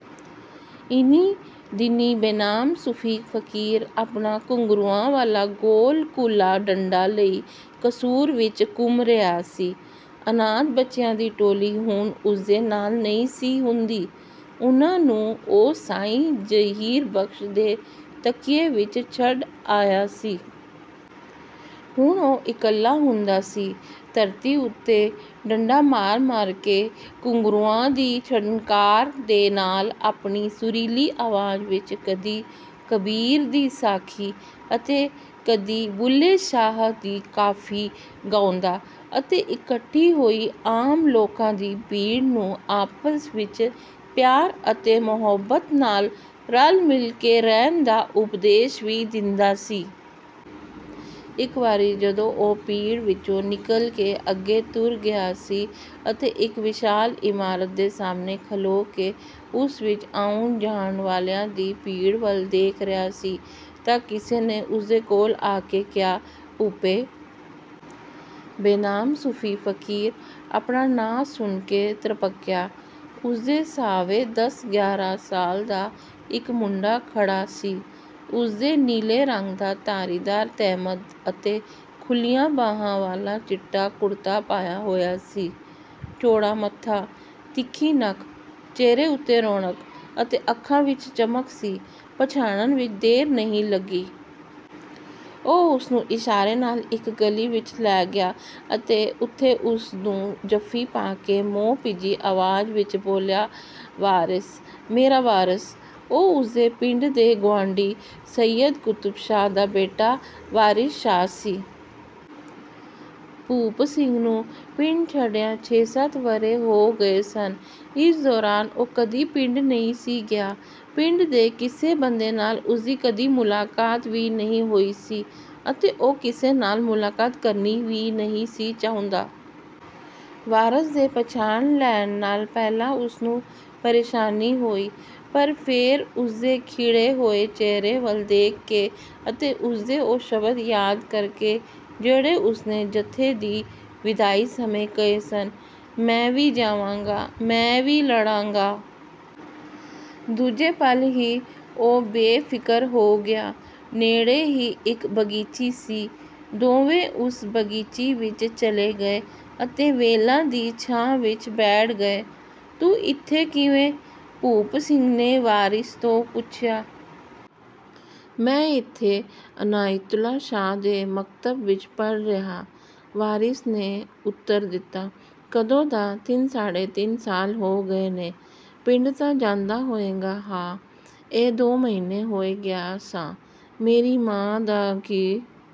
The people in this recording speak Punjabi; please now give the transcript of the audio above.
ਇਹਨੀਂ-ਦਿਨੀਂ ਬੇਨਾਮ ਸੂਫੀ ਫਕੀਰ ਆਪਣਾ ਘੁੰਗਰੂਆਂ ਵਾਲਾ ਗੋਲ ਕੂਲਾ ਡੰਡਾ ਲਈ ਕਸੂਰ ਵਿੱਚ ਘੁੰਮ ਰਿਹਾ ਸੀ। ਅਨਾਥ ਬੱਚਿਆਂ ਦੀ ਟੋਲੀ ਹੁਣ ਉਸਦੇ ਨਾਲ ਨਹੀਂ ਸੀ ਹੁੰਦੀ। ਉਹਨਾਂ ਨੂੰ ਉਹ ਸਾਈਂ ਜਹੀਰ ਬਖ਼ਸ਼ ਦੇ ਤਕੀਏ ਵਿੱਚ ਛੱਡ ਆਇਆ ਸੀ। ਹੁਣ ਉਹ ਇਕੱਲਾ ਹੁੰਦਾ ਸੀ। ਧਰਤੀ ਉੱਤੇ ਡੰਡਾ ਮਾਰ-ਮਾਰ ਕੇ ਘੁੰਗਰੂਆਂ ਦੀ ਛਣਕਾਰ ਦੇ ਨਾਲ, ਆਪਣੀ ਸੁਰੀਲੀ ਆਵਾਜ਼ ਵਿੱਚ, ਕਦੀ ਕਬੀਰ ਦੀ ਸਾਖੀ ਅਤੇ ਕਦੀ ਬੁੱਲ੍ਹੇ ਸ਼ਾਹ ਦੀ ਕਾਫ਼ੀ ਗਾਉਂਦਾ ਅਤੇ ਇਕੱਠੀ ਹੋਈ ਆਮ ਲੋਕਾਂ ਦੀ ਭੀੜ ਨੂੰ ਆਪਸ ਵਿੱਚ ਪਿਆਰ ਅਤੇ ਮੁਹੱਬਤ ਨਾਲ, ਰਲ-ਮਿਲ ਕੇ ਰਹਿਣ ਦਾ ਉਪਦੇਸ਼ ਵੀ ਦਿੰਦਾ ਸੀ। ਇੱਕ ਵਾਰੀ ਜਦੋਂ ਉਹ ਭੀੜ ਵਿੱਚੋਂ ਨਿਕਲ ਕੇ ਅੱਗੇ ਤੁਰ ਗਿਆ ਸੀ ਅਤੇ ਇੱਕ ਵਿਸ਼ਾਲ ਇਮਾਰਤ ਦੇ ਸਾਹਮਣੇ ਖਲੋ ਕੇ ਉਸ ਵਿੱਚ ਆਉਣ-ਜਾਣ ਵਾਲਿਆਂ ਦੀ ਭੀੜ ਵੱਲ ਦੇਖ ਰਿਹਾ ਸੀ ਤਾਂ ਕਿਸੇ ਨੇ ਉਸਦੇ ਕੋਲ ਆ ਕੇ ਕਿਹਾ, "ਭੂਪੇ।" ਬੇਨਾਮ ਸੂਫੀ ਫਕੀਰ ਆਪਣਾ ਨਾਂਅ ਸੁਣ ਕੇ ਤ੍ਰਭਕਿਆ। ਉਸਦੇ ਸਾਹਵੇਂ ਦਸ-ਗਿਆਰਾਂ ਸਾਲ ਦਾ ਇੱਕ ਮੁੰਡਾ ਖੜ੍ਹਾ ਸੀ। ਉਸਦੇ ਨੀਲੇ ਰੰਗ ਦਾ ਧਾਰੀਦਾਰ ਤਹਿਮਦ ਅਤੇ ਖੁੱਲ੍ਹੀਆਂ ਬਾਹਾਂ ਵਾਲਾ ਚਿੱਟਾ ਕੁੜਤਾ ਪਾਇਆ ਹੋਇਆ ਸੀ। ਚੌੜਾ ਮੱਥਾ, ਤਿੱਖੀ ਨੱਕ, ਚਿਹਰੇ ਉੱਤੇ ਰੌਣਕ ਅਤੇ ਅੱਖਾਂ ਵਿੱਚ ਚਮਕ ਸੀ; ਪਛਾਣਨ ਵਿੱਚ ਦੇਰ ਨਹੀਂ ਲੱਗੀ। ਉਹ ਉਸਨੂੰ ਇਸ਼ਾਰੇ ਨਾਲ ਇੱਕ ਗਲੀ ਵਿੱਚ ਲੈ ਗਿਆ ਅਤੇ ਉੱਥੇ ਉਸਨੂੰ ਜੱਫੀ ਪਾ ਕੇ ਮੋਹ-ਭਿੱਜੀ ਆਵਾਜ਼ ਵਿੱਚ ਬੋਲਿਆ, "ਵਾਰਿਸ! ਮੇਰਾ ਵਾਰਸ!" ਉਹ ਉਸਦੇ ਪਿੰਡ ਦੇ ਗੁਆਂਢੀ ਸੱਯਦ ਕੁਤਬ ਸ਼ਾਹ ਦਾ ਬੇਟਾ, ਵਾਰਿਸ ਸ਼ਾਹ ਸੀ। ਭੂਪ ਸਿੰਘ ਨੂੰ ਪਿੰਡ ਛੱਡਿਆਂ ਛੇ-ਸੱਤ ਵਰ੍ਹੇ ਹੋ ਗਏ ਸਨ। ਇਸ ਦੌਰਾਨ ਉਹ ਕਦੀ ਪਿੰਡ ਨਹੀਂ ਸੀ ਗਿਆ। ਪਿੰਡ ਦੇ ਕਿਸੇ ਬੰਦੇ ਨਾਲ ਉਸਦੀ ਕਦੀ ਮੁਲਾਕਾਤ ਵੀ ਨਹੀਂ ਹੋਈ ਸੀ ਅਤੇ ਉਹ ਕਿਸੇ ਨਾਲ ਮੁਲਾਕਾਤ ਕਰਨੀ ਵੀ ਨਹੀਂ ਸੀ ਚਾਹੁੰਦਾ। ਵਾਰਿਸ ਦੇ ਪਛਾਣ ਲੈਣ ਨਾਲ ਪਹਿਲਾਂ ਉਸਨੂੰ ਪ੍ਰੇਸ਼ਾਨੀ ਹੋਈ ਪਰ ਫੇਰ ਉਸਦੇ ਖਿੜੇ ਹੋਏ ਚਿਹਰੇ ਵੱਲ ਦੇਖ ਕੇ ਅਤੇ ਉਸਦੇ ਉਹ ਸ਼ਬਦ ਯਾਦ ਕਰਕੇ ਜਿਹੜੇ ਉਸਨੇ ਜੱਥੇ ਦੀ ਵਿਦਾਈ ਸਮੇਂ ਕਹੇ ਸਨ, "ਮੈਂ ਵੀ ਜਾਵਾਂਗਾ, ਮੈਂ ਵੀ ਲੜਾਂਗਾ।" ਦੂਜੇ ਪਲ ਹੀ ਉਹ ਬੇਫਿਕਰ ਹੋ ਗਿਆ। ਨੇੜੇ ਹੀ ਇੱਕ ਬਗੀਚੀ ਸੀ। ਦੋਵੇਂ ਉਸ ਬਗੀਚੀ ਵਿੱਚ ਚਲੇ ਗਏ ਅਤੇ ਵੇਲਾਂ ਦੀ ਛਾਂ ਵਿੱਚ ਬੈਠ ਗਏ। "ਤੂੰ ਇੱਥੇ ਕਿਵੇਂ?" ਭੂਪ ਸਿੰਘ ਨੇ ਵਾਰਿਸ ਤੋਂ ਪੁੱਛਿਆ। "ਮੈਂ ਇੱਥੇ ਅਨਾਇਤੁੱਲਾ ਸ਼ਾਹ ਦੇ ਮਕਤਬ ਵਿੱਚ ਪੜ੍ਹ ਰਿਹਾ।" ਵਾਰਿਸ ਨੇ ਉੱਤਰ ਦਿੱਤਾ। "ਕਦੋਂ ਦਾ?" "ਤਿੰਨ-ਸਾਢੇ ਤਿੰਨ ਸਾਲ ਹੋ ਗਏ ਨੇ।" "ਪਿੰਡ ਤਾਂ ਜਾਂਦਾ ਹੋਏਂਗਾ?" "ਹਾਂ। ਐਹਿ ਦੋ ਮਹੀਨੇ ਹੋਏ ਗਿਆ ਸਾਂ। ਮੇਰੀ ਮਾਂ ਦਾ ਕੀ